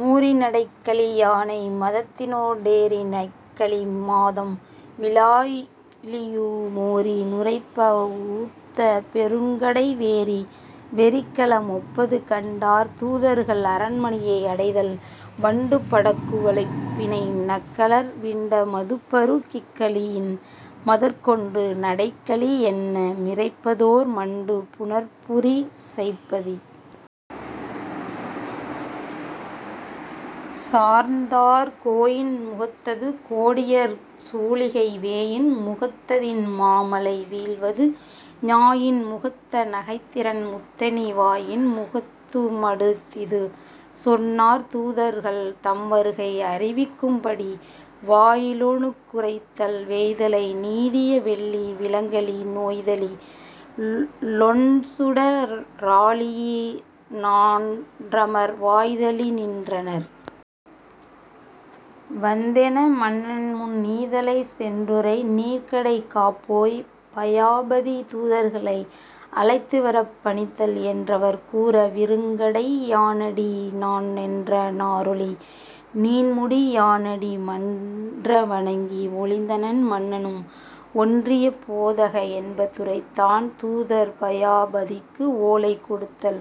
மூரிநடைக்களி யானை மதத்தினோ டேரி னடைக்கலி மாதம் விலாழியு மோரி நுரைப்ப வுகுத்த பெருங்கடை வேரி வெறிக்கள மொப்பது கண்டார் தூதர்கள் அரண்மனையை அடைதல் வண்டு படக்குவ ளைப்பிணை நக்கலர் விண்ட மதுப்பரு கிக்களி யின்மதர் கொண்டு நடைக்களி யன்ன மிரைப்பதொர் மண்டு புனற்புரி சைப்பதி சார்ந்தார் கோயின் முகத்தது கோடுயர் சூளிகை வேயின் முகத்ததின் மாமழை வீழ்வது ஞாயின் முகத்த நகைத்திரண் முத்தணி வாயின் முகத்து மடுத்திது சொன்னார் தூதர்கள் தம் வருகை அறிவிக்கும்படி வாயிலோனுக் குரைத்தல் வேய்தலை நீடிய வெள்ளி விலங்கலி னோய்தலி லொண்சுட ராழியி னான்றமர் வாய்தலி னின்றனர் வந்தென மன்னன்முன் நீதலை சென்றுரை நீள்கடை காப்போய் பயாபதி தூதர்களை அழைத்துவரப் பணித்தல் என்றவர் கூற விருங்கடை யானடி னான்றென நாறொளி நீண்முடி யானடி மன்ற வணங்கி மொழிந்தனன் மன்னனும் ஒன்றிய போதக என்ப துரைத்தான் தூதர் பயாபதிக்கு ஓலை கொடுத்தல்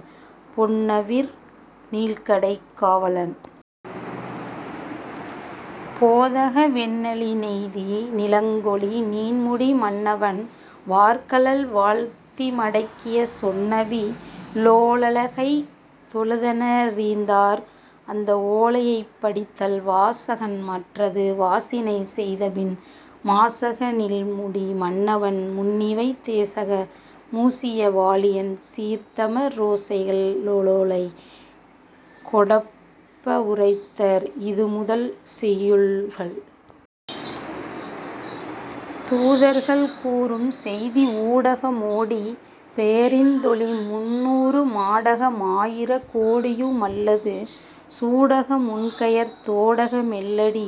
பொன்னவிர் நீள்கடை காவலன் போதக வென்னலி னெய்தி யிலங்கொளி நீண்முடி மன்னவன் வார்கழல் வாழ்த்திமடக்கிய சொன்னவி லோலைகை தொழுதன ரீந்தார் அந்த ஓலையைப் படித்தல் வாசகன் மற்றது வாசினை செய்தபின் மாசக னீள்முடி மன்னவன் முன்னிவை தேசக மூசிய வாழியன் சீர்த்தம ரோசைக ளோலை கொடொப்ப வுரைத்தர் இதுமுதல் செய்யுள்கள் தூதர்கள் கூறும் செய்தி ஊடக மோடி யெரிந்தொளி முந்தூறு மாடக மாயிர கோடியு மல்லது சூடக முன்கையர் தோடக மெல்லடி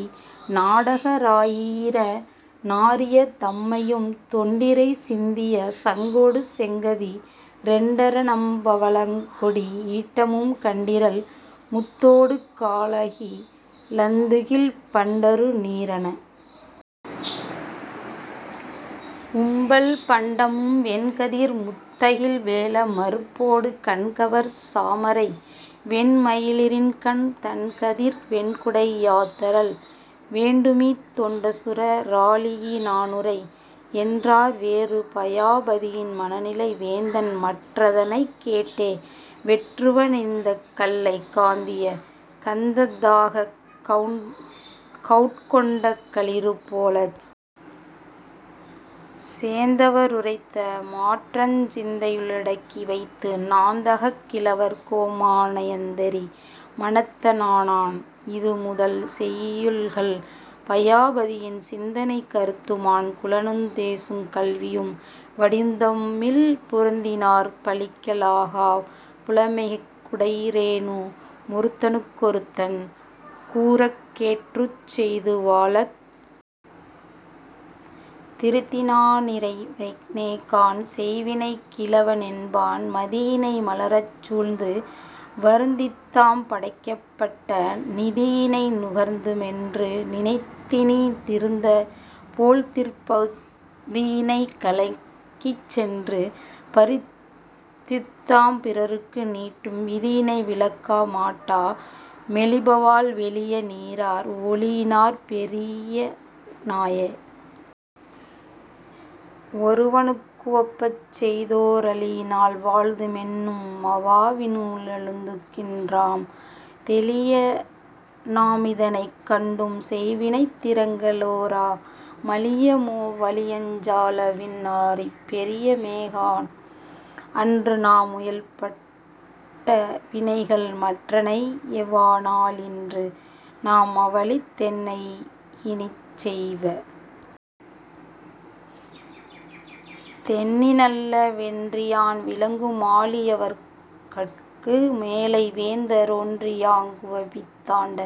நாடக ராயிர நாரியர் தம்மையும் தெண்டிரை சிந்திய சங்கொடு செங்கதி ரெண்டர னம்பவ ழக்கொடி யீட்டமும் கண்டிரள் முத்தொடு காழகி லந்துகில் பண்டரு நீரன வும்பல் பண்டமும் வெண்கதிர் முத்தகில் வேழ மருப்பொடு கண்கவர் சாமரை வெண்மயி ரின்கணம் தண்கதிர் வெண்குடை யாய்தரல் வேண்டுமி தொண்சுட ராழியி னானுரை யென்றார் வேறு பயாபதியின் மனநிலை வேந்தன்மற் றதனைக் கேட்டே வெற்றுவ னெறிந்த கல்லைக் காந்திய கந்த தாகக் கவுட்கொண்ட களிரு போலச் சேந்தவ ருரைத்த மாற்றஞ் சிந்தையு ளடக்கி வைத்து நாந்தகக் கிழவர் கோமா னயந்தெரி மனத்த னானான் இதுமுதல் செய்யுள்கள் பயாபதியின் சிந்தனை கருத்துமாண் குலனுந் தேசுங் கல்வியும் வடிவுந் தம்மில் பொருத்தினாற் பழிக்க லாகாப் புலைமைமிக் குடைய ரேனு மொருத்தனுக் கொருத்தன் கூறக்கேட்டுற்றுச் செய்து வாழத் திருத்தினா னிறைவ னேகாண் செய்வினைக் கிழவ னென்பான் மதியினை மலரச் சூழ்ந்து வருந்தித்தாம் படைக்கப் பட்ட நிதியினை நுகர்ந்து மென்று நினைத்தினி திருந்த போழ்திற் பதியினைக் கலக்கிச் சென்று பறித்துத்தாம் பிறர்க்கு நீட்டும் விதியினை விலக்க மாட்டா மெலிபவால் வெளிய நீரார் ஓளியினாற் பெரிய னாய வொருவனுக் குவப்பச் செய்தோ ரளியினால் வாழ்து மென்னும் மவாவினு ளழுந்து கின்றாம் தெளியநா மிதனைக் கண்டும் செய்வினைத் திறங்க ளோரா மளிய மோ வளியஞ் சால வறிவினாற் பெரிய மேகாண் அன்றுநா முயலப் பட்ட வினைகள்மற் றனைய வானா லின்று நா மவலித் தென்னை யினிச்செய்வ தெண்ணி னல்ல வென்றியான் விளங்கு மாழி யவர்கட்கு மேலை வேந்த ரொன்றியாங் குவப்பித் தாண்ட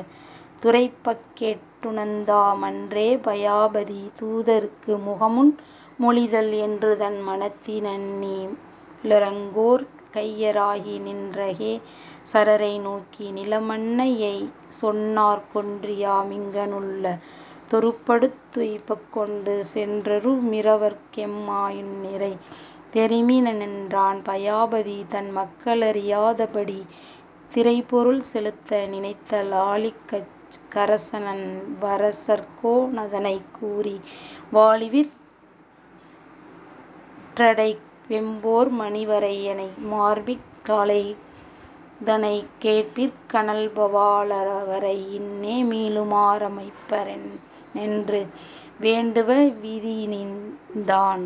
துரைப்பக்கேட் டுணர்ந்தா மன்றே பயாபதி தூதர்க்கு முகமன் மொழிதல் என்றுதன் மனத்தி னெண்ணி யிலங்குகோற் கைய ராகி நின்றகே சரரை நோக்கி நிலமன்ன னனைய சொன்னர்க் கொன்றியா மிங்க ணுள்ள தொருப்படுத் துய்ப்பக் கொண்டு சென்றுறு மிறவர்க் கெம்வா யின்னுரை தெரிமி னென்றான் பயாபதி தன் மக்களறியாதபடி திறைப்பொருள் செலுத்த நினைத்தல் ஆளிகட் கரச னன்ன வரசர்கோ னதனைக் கூறி வாளிவிற் றடக்கை வெம்போர் மணிவரை யனைய மார்பிற் காளைக ளிதனைக் கேட்பிற் கனல்பவா லவரை யின்னே மீளுமா றமைப்ப னென்று வேண்டுவ விதியி னீந்தான்.